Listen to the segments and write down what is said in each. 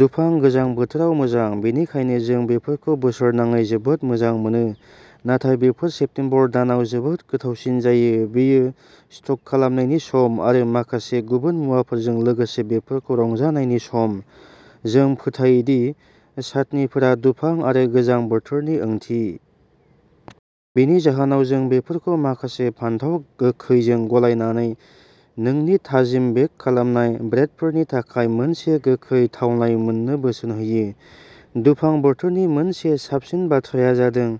दुफां गोजां बोथोराव मोजां, बेनिखायनो जों बेफोरखौ बोसोरनाङै जोबोद मोजां मोनो, नाथाय बेफोर सेप्तेम्बर दानाव जोबोद गोथावसिन जायो। बेयो स्टक खालामनायनि सम आरो माखासे गुबुन मुवाफोरजों लोगोसे बेफोरखौ रंजानायनि सम। जों फोथायो दि चाटनिफोरा दुफां आरो गोजां बोथोरनि ओंथि। बेनि जाहोनाव जों बेफोरखौ माखासे फानथाव गोखैजों गलायनानै नोंनि थाजिम बेक खालामनाय ब्रेडफोरनि थाखाय मोनसे गोखै थावनाय मोननो बोसोन होयो। दुफां बोथोरनि मोनसे साबसिन बाथ्राया जादों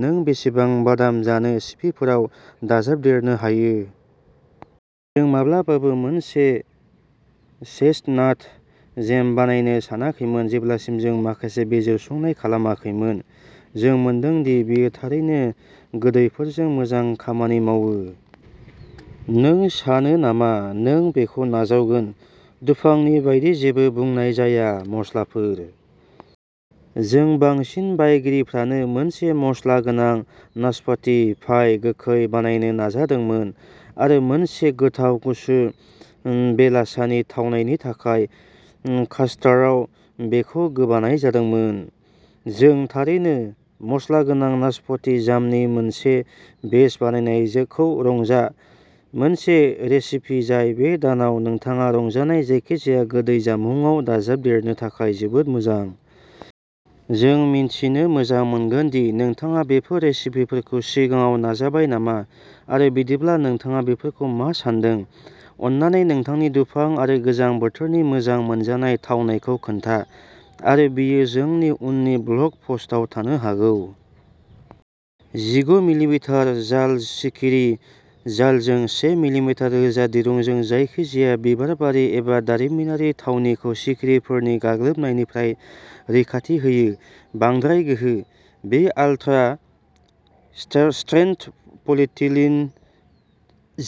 नों बेसेबां बादाम जानो सिपिफोराव दाजाबदेरनो हायो। जों माब्लाबाबो मोनसे चेस्टनाट जेम बानायनो सानाखैमोन जेब्लासिम जों माखासे बिजिरसंनाय खालामाखैमोन। जों मोनदों दि बेयो थारैनो गोदैफोरजों मोजां खामानि मावो, नों सानो नामा नों बेखौ नाजावगोन? दुफांनि बायदि जेबो बुंनाय जाया मस्लाफोर। जोंनि बांसिन बायगिरिफ्रानो मोनसे मस्ला गोनां नासपति पाइ गोखै बानायनो नाजादोंमोन। आरो मोनसे गोथाव गुसु उम बेलासानि थावनायनि थाखाय कास्टार्डआव बेखौ गोबानाय जादोंमोन। जों थारैनो मस्ला गोनां नासपति जामनि मोनसे बेच बानायनायजोखौ रंजा, मोनसे रेसिपि जाय बे दानाव नोंथाङा रंजानाय जायखिजाया गोदै जामुंआव दाजाबदेरनो थाखाय जोबोद मोजां। जों मिथिनो मोजां मोनगोन दि नोंथाङा बेफोर रेसिपिफोरखौ सिगाङाव नाजाबाय नामा आरो बिदिब्ला नोंथाङा बेफोरखौ मा सान्दों? अन्नानै नोंथांनि दुफां आरो गोजां बोथोरनि मोजां मोनजानाय थावनायखौ खोन्था आरो बेयो जोंनि उननि ब्लग पस्टआव थानो हागौ। जिगु मिलिमिटार जाल सिखिरि जालजों से मिलिसिटार रोजा दिरुंजों जायखिजाया बिबारबारि एबा दारिमिनारि थावनिखौ सिखिरिफोरनि गाग्लोबनायनिफ्राय रैखाथि होयो। बांद्राय गोहो बे आल्ट्रा-स्ट्रेंथ पलिइथिलिन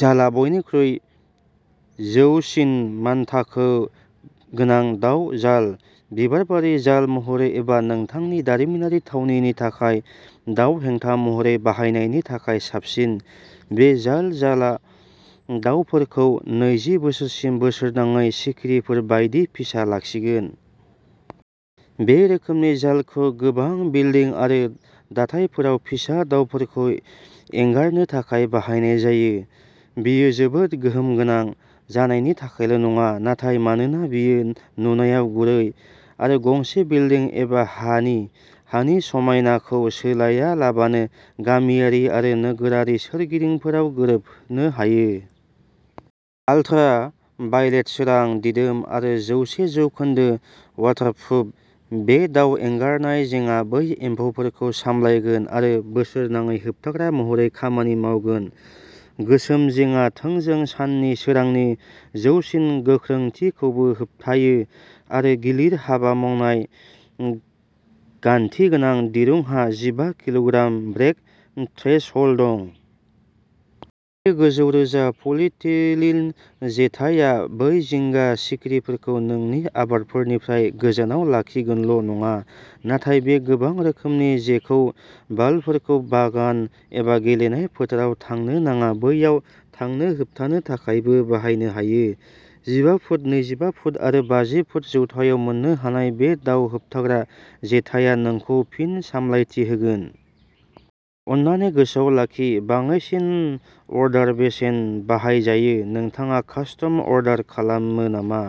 जालआ बयनिख्रुइ जौसिन मानथाखो गोनां दाव जाल। बिबारबारि जाल महरै एबा नोंथांनि दारिमिनारि थावनिनि थाखाय दाव हेंथा महरै बाहायनायनि थाखाय साबसिन, बे जाल जालआ दावफोरखौ नैजि बोसोरसिम बोसोरनाङै सिखिरिफोर बायदि फिसा लाखिगोन। बे रोखोमनि जालखौ गोबां बिल्डिं आरो दाथायफोराव फिसा दावफोरखौ एंगारनो थाखाय बाहायनाय जायो। बेयो जोबोद गोहोम गोनां जानायनि थाखायल' नङा, नाथाय मानोना बेयो नुनायाव गुरै आरो गंसे बिल्डिं एबा हानि हानि समायनाखौ सोलायालाबानो गामियारि आरो नोगोरारि सोरगिदिंफोराव गोरोबनो हायो। आलट्रा भाइलेट सोरां दिदोम आरो जौसे जौखोन्दो वाटारप्रुफ, बे दाउ एंगारनाय जेङा बै एम्फौफोरखौ सामलायगोन आरो बोसोरनाङै होबथाग्रा महरै खामानि मावगोन। गोसोम जेङा थोंजों साननि सोरांनि जौसिन गोख्रोंथिखौबो होबथायो आरो गिलिर हाबा मावनाय गान्थि गोनां दिरुंहा जिबा किल'ग्राम ब्रेक थ्रेसहोल्ड दं। बे गोजौ रोजा पलिइथिलिन जेथाया बै जिंगा सिखिरिफोरखौ नोंनि आबादफोरनिफ्राय गोजानाव लाखिगोनल'नङा, नाथाय बे गोबां रोखोमनि जेखौ बालफोरखौ बागान एबा गेलेनाय फोथाराव थांनो नाङा बैयाव थांनो होबथानो थाखायबो बाहायनो हायो। जिबा फुट, नैजिबा फुट आरो बाजि फुट जौथायाव मोननो हानाय, बे दाउ होबथाग्रा जेथाया नोंखौ फिन सामलायथि होगोन। अन्नानै गोसोआव लाखि बाङाइसिन अर्डार बेसेन बाहायजायो। नोंथाङा कास्टम अर्डार खालामो नामा?